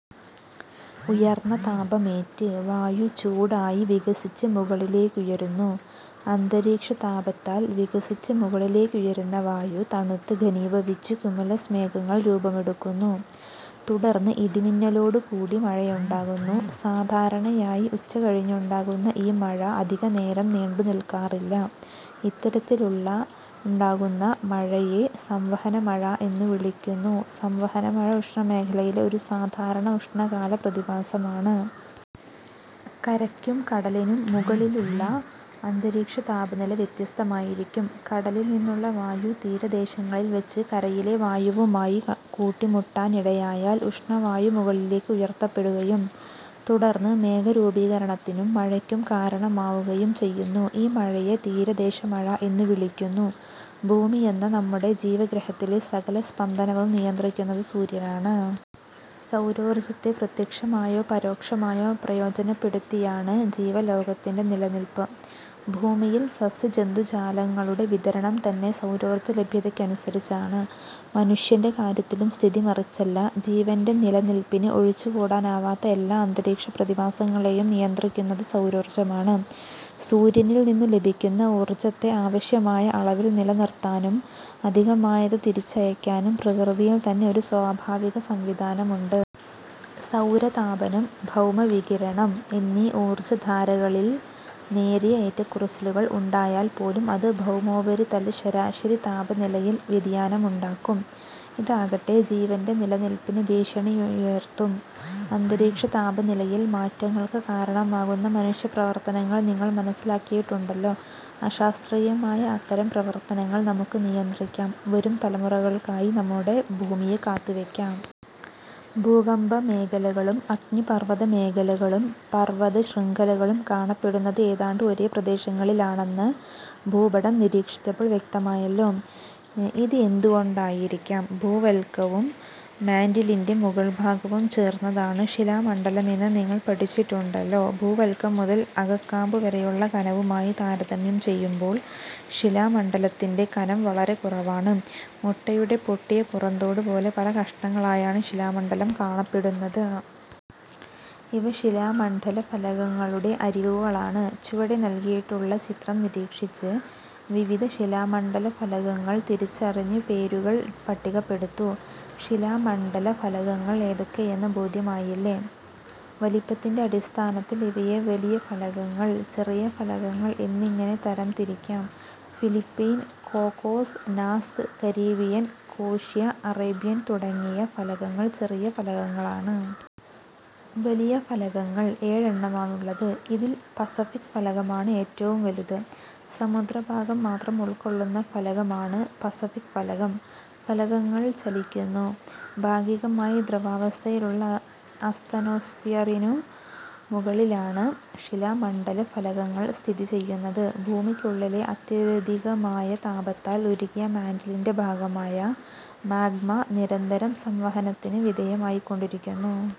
ഉയർന്ന താപമേറ്റ് വായു ചൂടായി വികസിച്ച് മുകളിലേക്കുയരുന്നു. അന്തരീക്ഷതാപത്താൽ വികസിച്ച് മുകളിലേക്കുയരുന്ന വായു തണുത്ത് ഘനീഭവിച്ച് കുമുലസ് മേഘങ്ങൾ രൂപമെടുക്കുന്നു. തുടർന്ന് ഇടിമിന്നലോടു കൂടി മഴയുണ്ടാകുന്നു. സാധാരണയായി ഉച്ചകഴിഞ്ഞുണ്ടാകുന്ന ഈ മഴ അധികനേരം നീണ്ടുനിൽക്കാറില്ല. ഇത്തരത്തിലുണ്ടാകുന്ന മഴയെ സംവഹന മഴ എന്നു വിളിക്കുന്നു. സംവഹനമഴ ഉഷ്ണമേഖലയിലെ ഒരു സാധാരണ ഉഷ്ണകാല പ്രതിഭാസമാണ്. കരയ്ക്കും കടലിനും മുകളിലുള്ള അന്തരീക്ഷതാപനില വ്യത്യസ്തമായിരിക്കും. കടലിൽ നിന്നുള്ള വായു തീരദേശങ്ങളിൽ വച്ച് കരയിലെ വായുവുമായി കൂട്ടിമുട്ടാനിടയായാൽ ഉഷ്ണവായു മുകളിലേക്ക് ഉയർത്തപ്പെടുകയും തുടർന്ന് മേഘരൂപീകരണത്തിനും മഴയ്ക്കും കാരണമാവുകയും ചെയ്യുന്നു. ഈ മഴയെ തീരദേശ മഴ എന്ന് വിളിക്കുന്നു. ഭൂമിയെന്ന നമ്മുടെ ജീവഗ്രഹത്തിലെ സകല സ്പന്ദനവും നിയന്ത്രിക്കുന്നത് സൂര്യനാണ്. സൗരോർജത്തെ പ്രത്യക്ഷമായോ പരോക്ഷമായോ പ്രയോജനപ്പെടുത്തിയാണ് ജീവലോകത്തിന്റെ നിലനിൽപ്പ്. ഭൂമിയിൽ സസ്യ ജന്തുജാലങ്ങളുടെ വിതരണം തന്നെ സൗരോർജ ലഭ്യതയ്ക്കനുസരിച്ചാണ്. മനുഷ്യന്റെ കാര്യത്തിലും സ്ഥിതി മറിച്ചല്ല. ജീവന്റെ നിലനിൽപ്പിന് ഒഴിച്ചു കൂടാനാവാത്ത എല്ലാ അന്തരീക്ഷപ്രതിഭാസങ്ങളെയും നിയന്ത്രിക്കുന്നത് സൗരോർജമാണ്. സൂര്യനിൽനിന്നു ലഭിക്കുന്ന ഊർജത്തെ ആവശ്യമായ അളവിൽ നിലനിർത്താനും അധികമായത് തിരിച്ചയയ്ക്കാനും പ്രകൃതിയിൽത്തന്നെ ഒരു സ്വാഭാവിക സംവിധാനമുണ്ട്. സൗരതാപനം, ഭൗമവികിരണം എന്നീ ഊർജധാരകളിൽ നേരിയ ഏറ്റക്കുറച്ചിലുകൾ ഉണ്ടായാൽ പോലും അത് ഭൗമോപരിതല ശരാശരി താപനിലയിൽ വ്യതിയാനമുണ്ടാക്കും. ഇതാകട്ടെ, ജീവന്റെ നിലനിൽപ്പിന് ഭീഷണിയുയർത്തും. അന്തരീക്ഷതാപനിലയിൽ മാറ്റങ്ങൾക്ക് കാരണമാകുന്ന മനുഷ്യപ്രവർത്തനങ്ങൾ നിങ്ങൾ മനസ്സിലാക്കിയിട്ടുണ്ടല്ലോ. അശാസ്ത്രീയമായ അത്തരം പ്രവർത്തനങ്ങൾ നമുക്ക് നിയന്ത്രിക്കാം. വരും തലമുറകൾക്കായി നമ്മുടെ ഭൂമിയെ കാത്തുവയ്ക്കാം. ഭൂകമ്പമേഖലകളും അഗ്നിപർവതമേഖലകളും പർവതശൃംഖലകളും കാണപ്പെടുന്നത് ഏതാണ്ട് ഒരേ പ്രദേശങ്ങളിലാണെന്ന് ഭൂപടം നിരീക്ഷിച്ചപ്പോൾ വ്യക്തമായല്ലോ. ഇത് എന്തുകൊണ്ടായിരിക്കാം? ഭൂവൽക്കവും മാന്റിലിന്റെ മുകൾഭാഗവും ചേർന്നതാണ് ശിലാമണ്ഡലമെന്ന് നിങ്ങൾ പഠിച്ചിട്ടുണ്ടല്ലോ. ഭൂവൽക്കം മുതൽ അകക്കാമ്പു വരെയുള്ള കനവുമായി താരതമ്യം ചെയ്യുമ്പോൾ ശിലാമണ്ഡലത്തിന്റെ കനം വളരെ കുറവാണ്. മുട്ടയുടെ പൊട്ടിയ പുറന്തോടുപോലെ പല കഷണങ്ങളായാണ് ശിലാമണ്ഡലം കാണപ്പെടുന്നത്. ഇവ ശിലാമണ്ഡലഫലകങ്ങളുടെ അരികുകളാണ്. ചുവടെ നൽകിയിട്ടുള്ള ചിത്രം നിരീക്ഷിച്ച് വിവിധ ശിലാമണ്ഡലഫലകങ്ങൾ തിരിച്ചറിഞ്ഞ് പേരുകൾ പട്ടികപ്പെടുത്തൂ. ശിലാമണ്ഡലഫലകങ്ങൾ ഏതൊക്കെയെന്ന് ബോധ്യമായില്ലേ. വലിപ്പത്തിന്റെ അടിസ്ഥാനത്തിൽ ഇവയെ വലിയ ഫലകങ്ങൾ, ചെറിയ ഫലകങ്ങൾ എന്നിങ്ങനെ തരംതിരിക്കാം. ഫിലിപ്പൈൻ, കോക്കോസ്, നാസ്ക്, കരീബിയൻ, കോഷ്യ, അറേബ്യൻ തുടങ്ങിയ ഫലകങ്ങൾ ചെറിയ ഫലകങ്ങളാണ്. വലിയ ഫലകങ്ങൾ ഏഴെണ്ണമാണുള്ളത്. ഇതിൽ പസഫിക് ഫലകമാണ് ഏറ്റവും വലുത്. സമുദ്രഭാഗം മാത്രം ഉൾക്കൊള്ളുന്ന ഫലകമാണ് പസഫിക് ഫലകം. ഫലകങ്ങൾ ചലിക്കുന്നു. ഭാഗികമായി ദ്രവാവസ്ഥയിലുള്ള അസ്തനോസ്ഫിയറിനു മുകളിലാണ് ശിലാ മണ്ഡലഫലകങ്ങൾ സ്ഥിതിചെയ്യുന്നത്. ഭൂമിക്കുള്ളിലെ അത്യധികമായ താപത്താൽ ഉരുകിയ മാന്റിലിന്റെ ഭാഗമായ മാഗ്മ നിരന്തരം സംവഹനത്തിന് വിധേയമായിക്കൊണ്ടിരിക്കുന്നു.